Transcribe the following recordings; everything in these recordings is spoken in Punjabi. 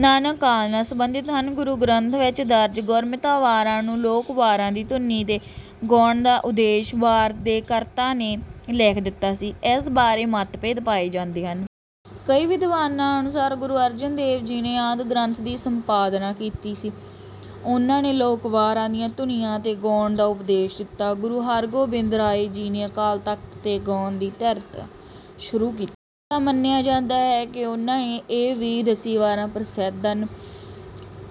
ਨਾਨਕ ਕਾਲ ਨਾਲ ਸਬੰਧਿਤ ਹਨ। ਗੁਰੂ ਗ੍ਰੰਥ ਵਿੱਚ ਦਰਜ ਗੁਰਮਤਿ ਵਾਰਾਂ ਨੂੰ ਲੋਕ ਵਾਰਾਂ ਦੀ ਧੁਨੀ ਤੇ ਗਾਉਣ ਦਾ ਉਦੇਸ਼ ਵਾਰ ਦੇ ਕਰਤਾ ਨੇ ਲਿਖ ਦਿੱਤਾ ਸੀ। ਇਸ ਬਾਰੇ ਮਤਭੇਦ ਪਾਏ ਜਾਂਦੇ ਹਨ। ਕਈ ਵਿਦਵਾਨਾਂ ਅਨੁਸਾਰ ਗੁਰੂ ਅਰਜਨ ਦੇਵ ਜੀ ਨੇ ਆਦਿ ਗ੍ਰੰਥ ਦੀ ਸੰਪਾਦਨਾ ਕੀਤੀ ਸੀ। ਉਹਨਾਂ ਨੇ ਲੋਕ ਵਾਰਾਂ ਦੀਆਂ ਧੁਨੀਆਂ ਤੇ ਗਾਉਣ ਦਾ ਉਦੇਸ਼ ਦਿੱਤਾ। ਗੁਰੂ ਹਰ ਗੋਬਿੰਦ ਰਾਏ ਜੀ ਨੇ ਅਕਾਲ ਤਖ਼ਤ ਤੇ ਗਾਉਣ ਦੀ ਧਿਰਤ ਸ਼ੁਰੂ ਕੀਤਾ। ਤਾਂ ਮੰਨਿਆ ਜਾਂਦਾ ਹੈ ਕਿ ਉਹਨਾਂ ਨੇ ਇਹ ਵੀਰ ਰਸੀ ਵਾਰਾਂ ਪ੍ਰਸਿੱਧ ਸਨ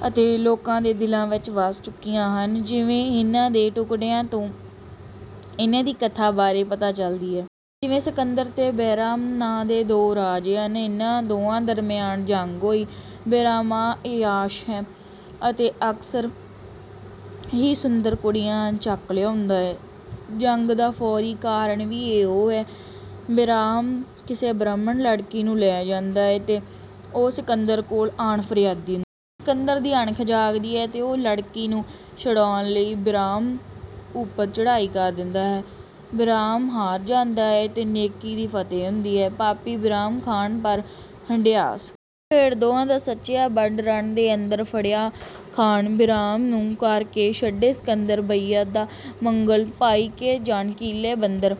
ਅਤੇ ਲੋਕਾਂ ਦੇ ਦਿਲਾਂ ਵਿੱਚ ਵਸ ਚੁੱਕੀਆਂ ਸਨ। ਜਿਵੇਂ ਇਹਨਾਂ ਦੇ ਟੁਕੜਿਆਂ ਤੋਂ ਇਹਨਾਂ ਦੀ ਕਥਾ ਬਾਰੇ ਪਤਾ ਚਲਦੀ ਹੈ। ਜਿਵੇਂ ਸਿਕੰਦਰ ਤੇ ਬਿਰਾਹਮ ਨਾਂ ਦੇ ਦੋ ਰਾਜੇ ਸਨ। ਇਹਨਾਂ ਦੋਹਾਂ ਦਰਮਿਆਨ ਜੰਗ ਹੋਈ। ਬਿਰਾਹਮ ਅੱਯਾਸ਼ ਹੈ ਅਤੇ ਅਕਸਰ ਹੀ ਸੁੰਦਰ ਕੁੜੀਆਂ ਚੁੱਕ ਲਿਆਉਂਦਾ ਹੈ। ਜੰਗ ਦਾ ਫੌਰੀ ਕਾਰਨ ਵੀ ਇਹੋ ਹੈ। ਬਿਰਾਹਮ ਕਿਸੇ ਬ੍ਰਾਹਮਣ ਲੜਕੀ ਨੂੰ ਲੈ ਜਾਂਦਾ ਹੈ ਅਤੇ ਉਹ ਸਿਕੰਦਰ ਕੋਲ ਆਣ ਫਰਿਆਦੀ ਹੁੰਦਾ ਹੈ। ਸਿਕੰਦਰ ਦੀ ਅਣਖ ਜਾਗਦੀ ਹੈ ਤੇ ਉਹ ਲੜਕੀ ਨੂੰ ਛੁਡਾਉਣ ਲਈ ਬਿਰਾਹਮ ਉਪਰ ਚੜ੍ਹਾਈ ਕਰ ਦਿੰਦਾ ਹੈ। ਬਿਰਾਹਮ ਹਾਰ ਜਾਂਦਾ ਹੈ ਤੇ ਨੇਕੀ ਦੀ ਫਤਹਿ ਹੁੰਦੀ ਹੈ। ਪਾਪੀ ਬਿਰਾਹਮ ਖਾਨ ਪਰ ਹਢਿਆ ਸਿਕੰਦਰ। ਭੇੜ ਦੋਹਾਂ ਦਾ ਸੱਚਿਆਂ ਬਡ ਰਣ ਦੇ ਅੰਦਰ ਫੜ੍ਹਿਆ ਖਾਨ ਬਿਰਾਹਮ ਨੂੰ ਕਰ ਛਡੇ ਸਿਕੰਦਰ ਬੱਧਯਾ ਮੰਗਲ ਪਾਇਕੇ ਜਣ ਕੀਲੇ ਬੰਦਰ।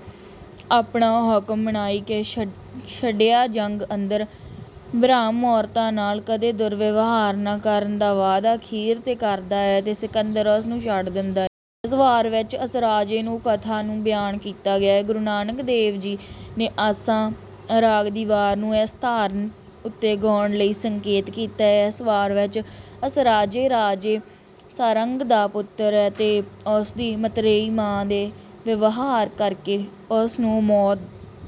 ਆਪਣਾ ਹੁਕਮ ਮਨਾਇਕੈ ਛਡਿਯਾ ਜੱਗ ਅੰਦਰ। ਬਿਰਾਹਮ ਔਰਤਾਂ ਨਾਲ ਕਦੇ ਦੁਰਵਿਵਹਾਰ ਨਾ ਕਰਨ ਦਾ ਵਾਅਦਾ ਅਖੀਰ ਤੇ ਕਰਦਾ ਹੈ ਤੇ ਸਿਕੰਦਰ ਉਸਨੂੰ ਛੱਡ ਦਿੰਦਾ ਹੈ। ਇਸ ਵਾਰ ਵਿੱਚ ਅਸਰਾਜੇ ਦੀ ਕਥਾ ਨੂੰ ਬਿਆਨ ਕੀਤਾ ਗਿਆ ਹੈ। ਗੁਰੂ ਨਾਨਕ ਦੇਵ ਨੇ ਆਸਾ ਰਾਗ ਦੀ ਵਾਰ ਨੂੰ ਇਸ ਧਾਰਨਾ ਉਤੇ ਗਾਉਣ ਲਈ ਸੰਕੇਤ ਕੀਤਾ ਹੈ। ਇਸ ਵਾਰ ਵਿੱਚ ਅਸਰਾਜੇ ਰਾਜੇ ਸਾਰੰਗ ਦਾ ਪੁੱਤਰ ਹੈ ਤੇ ਉਸਦੀ ਮਤਰੇਈ ਮਾਂ ਦੇ ਵਿਵਹਾਰ ਕਰਕੇ ਉਸਨੂੰ ਮੌਤ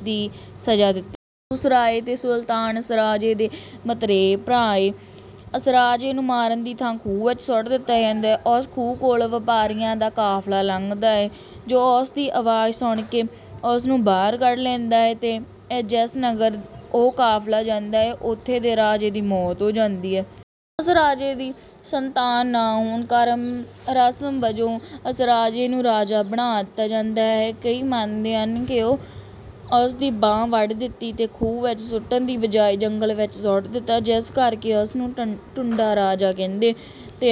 ਦੀ ਸਜ਼ਾ ਦਿੱਤੀ ਜਾਂਦੀ ਹੈ। ਮਰਦੂਰ ਰਾਏ ਤੇ ਸੁਲਤਾਨ ਅਸਰਾਜੇ ਦੇ ਮਤਰੇਏ ਭਰਾ ਹਨ। ਅਸਰਾਜੇ ਨੂੰ ਮਾਰਨ ਦੀ ਥਾਂ ਖੂਹ ਵਿੱਚ ਸੁੱਟ ਦਿੱਤਾ ਜਾਂਦਾ ਹੈ। ਉਸ ਖੂਹ ਕੋਲੋਂ ਵਪਾਰੀਆਂ ਦਾ ਕਾਫਲਾ ਲੰਘਦਾ ਹੈ ਜੋ ਉਸ ਦੀ ਅਵਾਜ਼ ਸੁਣ ਕੇ ਉਸਨੂੰ ਬਾਹਰ ਕੱਢ ਲੈਂਦੇ ਹਨ ਅਤੇ ਜਿਸ ਨਗਰ ਉਹ ਕਾਫਲਾ ਜਾਂਦਾ ਹੈ ਉਥੋਂ ਦੇ ਰਾਜੇ ਦੀ ਮੌਤ ਹੋ ਜਾਂਦੀ ਹੈ। ਉਸ ਰਾਜੇ ਦੀ ਸੰਤਾਨ ਨਾ ਹੋਣ ਕਾਰਨ ਰਸਮ ਵਜੋਂ ਅਸਰਾਜੇ ਨੂੰ ਰਾਜਾ ਬਣਾ ਦਿੱਤਾ ਜਾਂਦਾ ਹੈ। ਕਈ ਮੰਨਦੇ ਹਨ ਕਿ ਉਸ ਦੀ ਬਾਂਹ ਵੱਢ ਦਿੱਤੀ ਤੇ ਖੂਹ ਵਿੱਚ ਸੁੱਟਣ ਦੀ ਬਜਾਏ ਜੰਗਲ ਵਿੱਚ ਸੁੱਟ ਦਿੱਤਾ। ਜਿਸ ਕਰਕੇ ਉਸਨੂੰ ਟੁੰਡਾ ਰਾਜਾ ਕਹਿੰਦੇ ਸਨ। ਆਪਣੇ